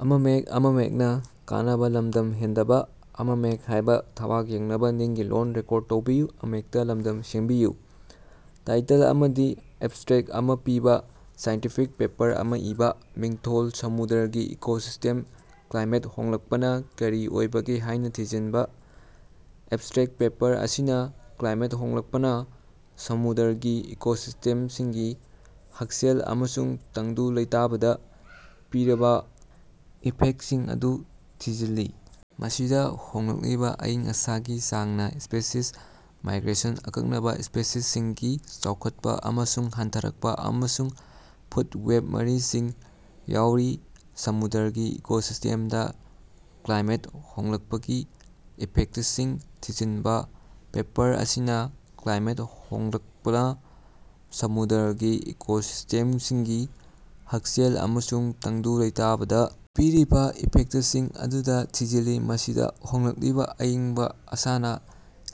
Title ꯑꯃꯗꯤ abstract ꯑꯃ ꯄꯤꯕꯥ ꯁꯥꯏꯟꯇꯤꯐꯤꯛ ꯄꯦꯄꯔ ꯑꯃ ꯏꯕ꯫ ꯃꯤꯡꯊꯣꯜ: ꯁꯃꯨꯗ꯭ꯔꯒꯤ ꯏꯀꯣꯁꯤꯁꯇꯦꯝꯗ ꯀ꯭ꯂꯥꯏꯃꯦꯠ ꯍꯣꯡꯂꯛꯄꯅ ꯀꯔꯤ ꯑꯣꯏꯕꯒꯦ ꯍꯥꯏꯅ ꯊꯤꯖꯤꯟꯕ꯫ ꯑꯦꯕꯁꯇ꯭ꯔꯦꯛ: ꯄꯦꯄꯔ ꯑꯁꯤꯅꯥ ꯀ꯭ꯂꯥꯏꯃꯦꯠ ꯍꯣꯡꯂꯛꯄꯅ ꯁꯃꯨꯗ꯭ꯔꯒꯤ ꯏꯀꯣꯁꯤꯁꯇꯦꯝꯁꯤꯡꯒꯤ ꯍꯛꯁꯦꯜ ꯑꯃꯁꯨꯡ ꯇꯪꯗꯨ ꯂꯩꯇꯥꯕꯗꯥ ꯄꯤꯔꯤꯕꯥ ꯏꯐꯦꯛꯇꯁꯤꯡ ꯑꯗꯨ ꯊꯤꯖꯤꯜꯂꯤ ꯃꯁꯤꯗꯥ ꯍꯣꯡꯂꯛꯂꯤꯕ ꯑꯏꯪ ꯑꯁꯥꯒꯤ ꯆꯥꯡꯅ ꯁꯄꯦꯁꯤꯁ ꯃꯥꯏꯒ꯭ꯔꯦꯁꯟ, ꯑꯀꯛꯅꯕꯥ ꯁꯄꯦꯁꯤꯁꯁꯤꯡꯒꯤ ꯆꯥꯎꯈꯠꯄ ꯑꯃꯁꯨꯡ ꯍꯟꯊꯔꯛꯄ ꯑꯃꯁꯨꯡ ꯐꯨꯗ ꯋꯦꯕꯀꯤ ꯃꯔꯤꯁꯤꯡ ꯌꯥꯎꯔꯤ꯫ ꯁꯃꯨꯗ꯭ꯔꯒꯤ ꯏꯀꯣꯁꯤꯁꯇꯦꯝꯗ ꯀ꯭ꯂꯥꯏꯃꯦꯠ ꯍꯣꯡꯂꯛꯄꯒꯤ ꯏꯐꯦꯛꯇꯁꯤꯡ ꯊꯤꯖꯤꯟꯕ: ꯄꯦꯄꯔ ꯑꯁꯤꯅ ꯀ꯭ꯂꯥꯏꯃꯦꯠ ꯍꯣꯡꯂꯛꯄꯅ ꯁꯃꯨꯗ꯭ꯔꯒꯤ ꯏꯀꯣꯁꯤꯁꯇꯦꯝꯁꯤꯡꯒꯤ ꯍꯛꯁꯦꯜ ꯑꯃꯁꯨꯡ ꯇꯪꯗꯨ ꯂꯩꯇꯥꯕꯗ ꯄꯤꯔꯤꯕꯥ ꯏꯐꯦꯛꯇꯁꯤꯡ ꯑꯗꯨ ꯊꯤꯖꯤꯜꯂꯤ ꯃꯁꯤꯗ ꯍꯣꯡꯂꯛꯂꯤꯕ ꯑꯢꯪꯕ ꯑꯁꯥꯅ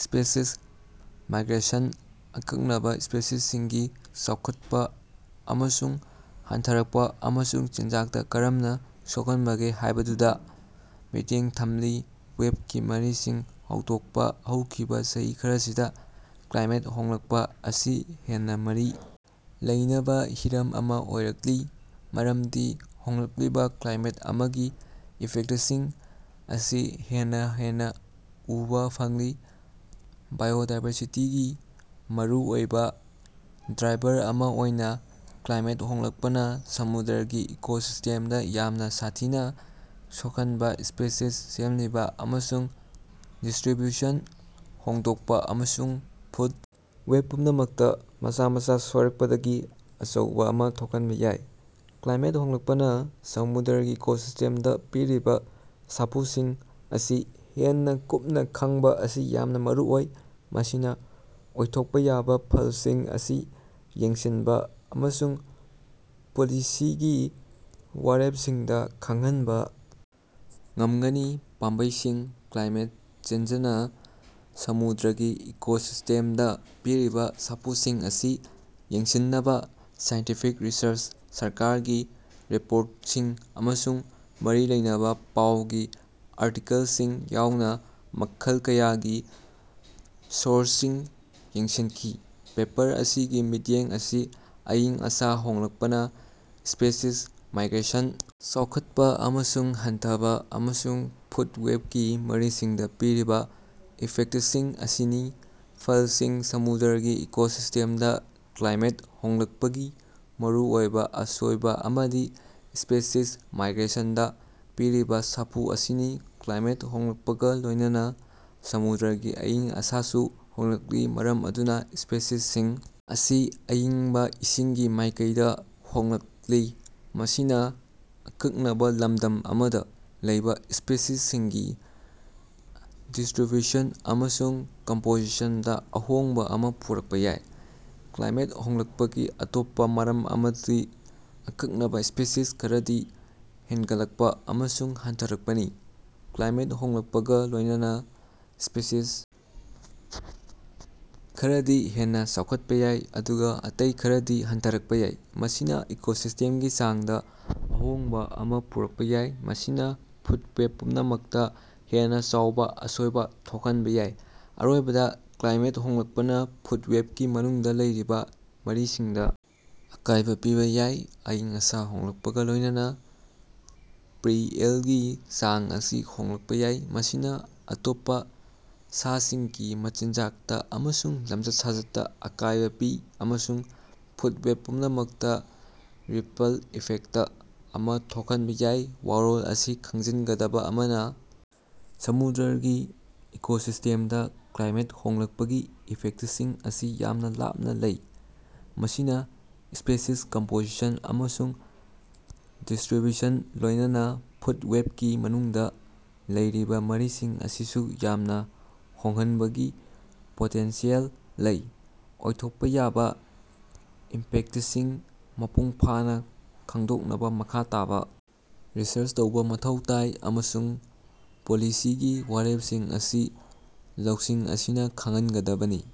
ꯁ꯭ꯄꯦꯁꯤꯁ ꯃꯥꯏꯒ꯭ꯔꯦꯁꯟ, ꯑꯀꯛꯅꯕꯥ ꯁ꯭ꯄꯦꯁꯤꯁꯁꯤꯡꯒꯤ ꯆꯥꯎꯈꯠꯄꯥ ꯑꯃꯁꯨꯡ ꯍꯟꯊꯔꯛꯄ ꯑꯃꯁꯨꯡ ꯆꯤꯟꯖꯥꯛꯇ ꯀꯔꯝꯅ ꯁꯣꯛꯍꯟꯕꯒꯦ ꯍꯥꯢꯕꯗꯨꯗ ꯃꯤꯠꯌꯦꯡ ꯊꯝꯂꯤ꯫ ꯋꯦꯕꯀꯤ ꯃꯔꯤꯁꯤꯡ ꯍꯧꯗꯣꯛꯄ ꯍꯧꯈꯤꯕꯥ ꯆꯍꯤ ꯈꯔꯁꯤꯗ ꯀ꯭ꯂꯥꯏꯃꯦꯠ ꯍꯣꯡꯂꯛꯄ ꯑꯁꯤ ꯍꯦꯟꯅ ꯃꯔꯤ ꯂꯩꯅꯕ ꯍꯤꯔꯝ ꯑꯃ ꯑꯣꯏꯔꯛꯂꯤ ꯃꯔꯝꯗꯤ ꯍꯣꯡꯂꯛꯂꯤꯕ ꯀ꯭ꯂꯥꯏꯃꯦꯠ ꯑꯃꯒꯤ ꯏꯐꯦꯛꯇꯁꯤꯡ ꯑꯁꯤ ꯍꯦꯟꯅ ꯍꯦꯟꯅ ꯎꯕ ꯐꯪꯂꯤ꯫ ꯕꯥꯏꯑꯣꯗꯥꯏꯕꯔꯁꯤꯇꯤꯒꯤ ꯃꯔꯨꯑꯣꯏꯕ ꯗ꯭ꯔꯥꯏꯚꯔ ꯑꯃ ꯑꯣꯏꯅ ꯀ꯭ꯂꯥꯏꯃꯦꯠ ꯍꯣꯡꯂꯛꯄꯅ ꯁꯃꯨꯗ꯭ꯔꯒꯤ ꯏꯀꯣꯁꯤꯁꯇꯦꯝꯗ ꯌꯥꯝꯅ ꯁꯥꯊꯤꯅ ꯁꯣꯛꯍꯟꯕ ꯁꯄꯦꯁꯤꯁ ꯁꯦꯝꯂꯤꯕ ꯑꯃꯁꯨꯡ ꯗꯤꯁꯇ꯭ꯔꯤꯕ꯭ꯌꯨꯁꯟ ꯍꯣꯡꯗꯣꯛꯄ ꯑꯃꯁꯨꯡ ꯐꯨꯗ ꯋꯦꯕ ꯄꯨꯝꯅꯃꯛꯇ ꯃꯆꯥ ꯃꯆꯥ ꯁꯣꯏꯔꯛꯄꯗꯒꯤ ꯑꯆꯧꯕ ꯑꯃ ꯊꯣꯛꯍꯟꯕ ꯌꯥꯏ꯫ ꯀ꯭ꯂꯥꯏꯃꯦꯠ ꯍꯣꯡꯂꯛꯄꯅ ꯁꯃꯨꯗ꯭ꯔꯒꯤ ꯏꯀꯣꯁꯤꯁꯇꯦꯝꯗ ꯄꯤꯔꯤꯕꯥ ꯁꯥꯐꯨꯁꯤꯡ ꯑꯁꯤ ꯍꯦꯟꯅ ꯀꯨꯞꯅ ꯈꯪꯕꯥ ꯑꯁꯤ ꯌꯥꯝꯅ ꯃꯔꯨ ꯑꯣꯏ ꯃꯁꯤꯅꯥ ꯑꯣꯏꯊꯣꯛꯄ ꯌꯥꯕ ꯐꯜꯁꯤꯡ ꯑꯁꯤ ꯌꯦꯡꯁꯤꯟꯕ ꯑꯃꯁꯨꯡ ꯄꯣꯂꯤꯁꯤꯒꯤ ꯋꯥꯔꯦꯞꯁꯤꯡꯗ ꯈꯪꯍꯟꯕ ꯉꯝꯒꯅꯤ꯫ ꯄꯥꯝꯕꯩꯁꯤꯡ ꯀ꯭ꯂꯥꯏꯃꯦꯠ ꯆꯦꯟꯖꯅ ꯁꯃꯨꯗ꯭ꯔꯒꯤ ꯏꯀꯣꯁꯤꯁꯇꯦꯞꯗ ꯄꯤꯔꯤꯕ ꯁꯥꯐꯨꯁꯤꯡ ꯑꯁꯤ ꯌꯦꯡꯁꯤꯟꯅꯕ ꯁꯥꯏꯟꯇꯤꯐꯤꯛ ꯔꯤꯁꯔꯆ ꯁꯔꯀꯥꯔꯒꯤ ꯔꯤꯄꯣꯔꯇꯁꯤꯡ ꯑꯃꯁꯨꯡ ꯃꯔꯤ ꯂꯩꯅꯕ ꯄꯥꯎꯒꯤ ꯑꯥꯔꯇꯤꯀꯜꯁꯤꯡ ꯌꯥꯎꯅ ꯃꯈꯜ ꯀꯌꯥꯒꯤ ꯁꯣꯔꯁꯁꯤꯡ ꯌꯦꯡꯁꯤꯟꯈꯤ꯫ ꯄꯦꯄꯔ ꯑꯁꯤꯒꯤ ꯃꯤꯠꯌꯦꯡ ꯑꯁꯤ ꯑꯏꯪ ꯑꯁꯥ ꯍꯣꯡꯂꯛꯄꯅ ꯁꯄꯦꯁꯤꯁ ꯃꯥꯏꯒ꯭ꯔꯦꯁꯟ, ꯆꯥꯎꯈꯠꯄ ꯑꯃꯁꯨꯡ ꯍꯟꯊꯕ ꯑꯃꯁꯨꯡ ꯐꯨꯗ ꯋꯦꯕꯀꯤ ꯃꯔꯤꯁꯤꯡꯗ ꯄꯤꯔꯤꯕꯥ ꯏꯐꯦꯛꯇꯁꯤꯡ ꯑꯁꯤꯅꯤ꯫ ꯐꯜꯁꯤꯡ ꯁꯃꯨꯗ꯭ꯔꯒꯤ ꯏꯀꯣꯁꯤꯁꯇꯦꯝꯗ ꯀ꯭ꯂꯥꯏꯃꯦꯠ ꯍꯣꯡꯂꯛꯄꯒꯤ ꯃꯔꯨꯑꯣꯏꯕ ꯑꯁꯣꯏꯕ ꯑꯃꯗꯤ ꯁꯄꯦꯁꯤꯁ ꯃꯥꯏꯒ꯭ꯔꯦꯁꯟꯗ ꯄꯤꯔꯤꯕꯥ ꯁꯥꯐꯨ ꯑꯁꯤꯅꯤ꯫ ꯀ꯭ꯂꯥꯏꯃꯦꯠ ꯍꯣꯡꯂꯛꯄꯒ ꯂꯣꯢꯅꯅꯥ ꯁꯃꯨꯗ꯭ꯔꯒꯤ ꯑꯏꯪ ꯑꯁꯥꯁꯨ ꯍꯣꯡꯂꯛꯂꯤ ꯃꯔꯝ ꯑꯗꯨꯅ ꯁꯄꯦꯁꯤꯁꯁꯤꯡ ꯑꯁꯤ ꯑꯏꯪꯕ ꯏꯁꯤꯡꯒꯤ ꯃꯥꯢꯀꯩꯗꯥ ꯍꯣꯡꯂꯛꯂꯤ꯫ ꯃꯁꯤꯅꯥ ꯑꯀꯛꯅꯕꯥ ꯂꯝꯗꯝ ꯑꯃꯗ ꯂꯩꯕ ꯁꯄꯦꯁꯤꯁꯁꯤꯡꯒꯤ ꯗꯤꯁꯇ꯭ꯔꯤꯕ꯭ꯌꯨꯁꯟ ꯑꯃꯁꯨꯡ ꯀꯝꯄꯣꯖꯤꯁꯟꯗ ꯑꯍꯣꯡꯕ ꯑꯃ ꯄꯨꯔꯛꯄ ꯌꯥꯏ꯫ ꯀ꯭ꯂꯥꯏꯃꯦꯠ ꯍꯣꯡꯂꯛꯄꯒꯤ ꯑꯇꯣꯞꯄ ꯃꯔꯝ ꯑꯃꯗꯤ ꯑꯀꯛꯅꯕ ꯁꯄꯦꯁꯤꯁ ꯈꯔꯗꯤ ꯍꯦꯟꯒꯠꯂꯛꯄꯥ ꯑꯃꯁꯨꯡ ꯍꯟꯊꯔꯛꯄꯅꯤ꯫ ꯀ꯭ꯂꯥꯏꯃꯦꯠ ꯍꯣꯡꯂꯛꯄꯒ ꯂꯣꯢꯅꯅꯥ ꯁꯄꯦꯁꯤꯁ ꯈꯔꯗꯤ ꯍꯦꯟꯅ ꯆꯥꯎꯈꯠꯄ ꯌꯥꯏ ꯑꯗꯨꯒ ꯑꯇꯩ ꯈꯔꯗꯤ ꯍꯟꯊꯔꯛꯄ ꯌꯥꯏ꯫ ꯃꯁꯤꯅꯥ ꯏꯀꯣꯁꯤꯁꯇꯦꯝꯒꯤ ꯆꯥꯡꯗ ꯑꯍꯣꯡꯕ ꯑꯃ ꯄꯨꯔꯛꯄ ꯌꯥꯏ ꯃꯁꯤꯅ ꯐꯨꯗ ꯋꯦꯕ ꯄꯨꯝꯅꯃꯛꯇ ꯍꯦꯟꯅ ꯆꯥꯎꯕ ꯑꯁꯣꯏꯕ ꯊꯣꯛꯍꯟꯕ ꯌꯥꯏ꯫ ꯑꯔꯣꯏꯕꯗ ꯀ꯭ꯂꯥꯏꯃꯦꯠ ꯍꯣꯡꯂꯛꯄꯅ ꯐꯨꯗ ꯋꯦꯕꯀꯤ ꯃꯅꯨꯡꯗ ꯂꯩꯔꯤꯕ ꯃꯔꯤꯁꯤꯡꯗ ꯑꯀꯥꯢꯕ ꯄꯤꯕꯥ ꯌꯥꯏ꯫ ꯑꯏꯪ ꯑꯁꯥ ꯍꯣꯡꯂꯛꯄꯒ ꯂꯣꯢꯅꯅ ꯄ꯭ꯔꯤ-ꯑꯦꯜꯒꯤ ꯆꯥꯡ ꯑꯁꯤ ꯍꯣꯡꯂꯛꯄ ꯌꯥꯏ ꯃꯁꯤꯅꯥ ꯑꯇꯣꯞꯄ ꯁꯥꯁꯤꯡꯒꯤ ꯃꯆꯤꯟꯖꯥꯛꯇ ꯑꯃꯁꯨꯡ ꯂꯃꯆꯠ-ꯁꯥꯖꯠꯇ ꯑꯀꯥꯢꯕꯥ ꯄꯤ ꯑꯃꯁꯨꯡ ꯐꯨꯗ ꯋꯦꯕ ꯄꯨꯝꯅꯃꯛꯇ ꯔꯤꯄꯜ ꯏꯐꯦꯛꯇ ꯑꯃ ꯊꯣꯛꯍꯟꯕ ꯌꯥꯏ꯫ ꯋꯥꯔꯣꯜ ꯑꯁꯤ ꯈꯪꯖꯤꯟꯒꯗꯕ ꯑꯃꯅ ꯁꯃꯨꯗ꯭ꯔꯒꯤ ꯏꯀꯣꯁꯤꯁ꯭ꯇꯦꯝꯗ ꯀ꯭ꯂꯥꯏꯃꯦꯠ ꯍꯣꯡꯂꯛꯄꯒꯤ ꯏꯐꯦꯛꯇꯁꯤꯡ ꯑꯁꯤ ꯌꯥꯝꯅ ꯂꯥꯞꯅ ꯂꯩ ꯃꯁꯤꯅꯥ ꯁꯄꯦꯁꯤꯁ ꯀꯝꯄꯣꯖꯤꯁꯟ ꯑꯃꯁꯨꯡ ꯗꯤꯁꯇ꯭ꯔꯤꯕ꯭ꯌꯨꯁꯟ ꯂꯣꯢꯅꯅꯥ ꯐꯨꯗ ꯋꯦꯕꯀꯤ ꯃꯅꯨꯡꯗꯥ ꯂꯩꯔꯤꯕꯥ ꯃꯔꯤꯁꯤꯡ ꯑꯁꯤꯁꯨ ꯌꯥꯝꯅ ꯍꯣꯡꯍꯟꯕꯒꯤ ꯄꯣꯇꯦꯟꯁꯤꯑꯦꯜ ꯂꯩ꯫ ꯑꯣꯏꯊꯣꯛꯄ ꯌꯥꯕ ꯏꯝꯄꯦꯛꯇꯁꯤꯡ ꯃꯄꯨꯡ ꯐꯥꯅ ꯈꯡꯗꯣꯛꯅꯕ ꯃꯈꯥ ꯇꯥꯕꯥ ꯔꯤꯁꯔꯆ ꯇꯧꯕꯥ ꯃꯊꯧ ꯇꯥꯏ ꯑꯃꯁꯨꯡ ꯄꯣꯂꯤꯁꯤꯒꯤ ꯋꯥꯔꯦꯞꯁꯤꯡ ꯑꯁꯤ ꯂꯧꯁꯤꯡ ꯑꯁꯤꯅ ꯈꯡꯍꯟꯒꯗꯕꯅꯤ꯫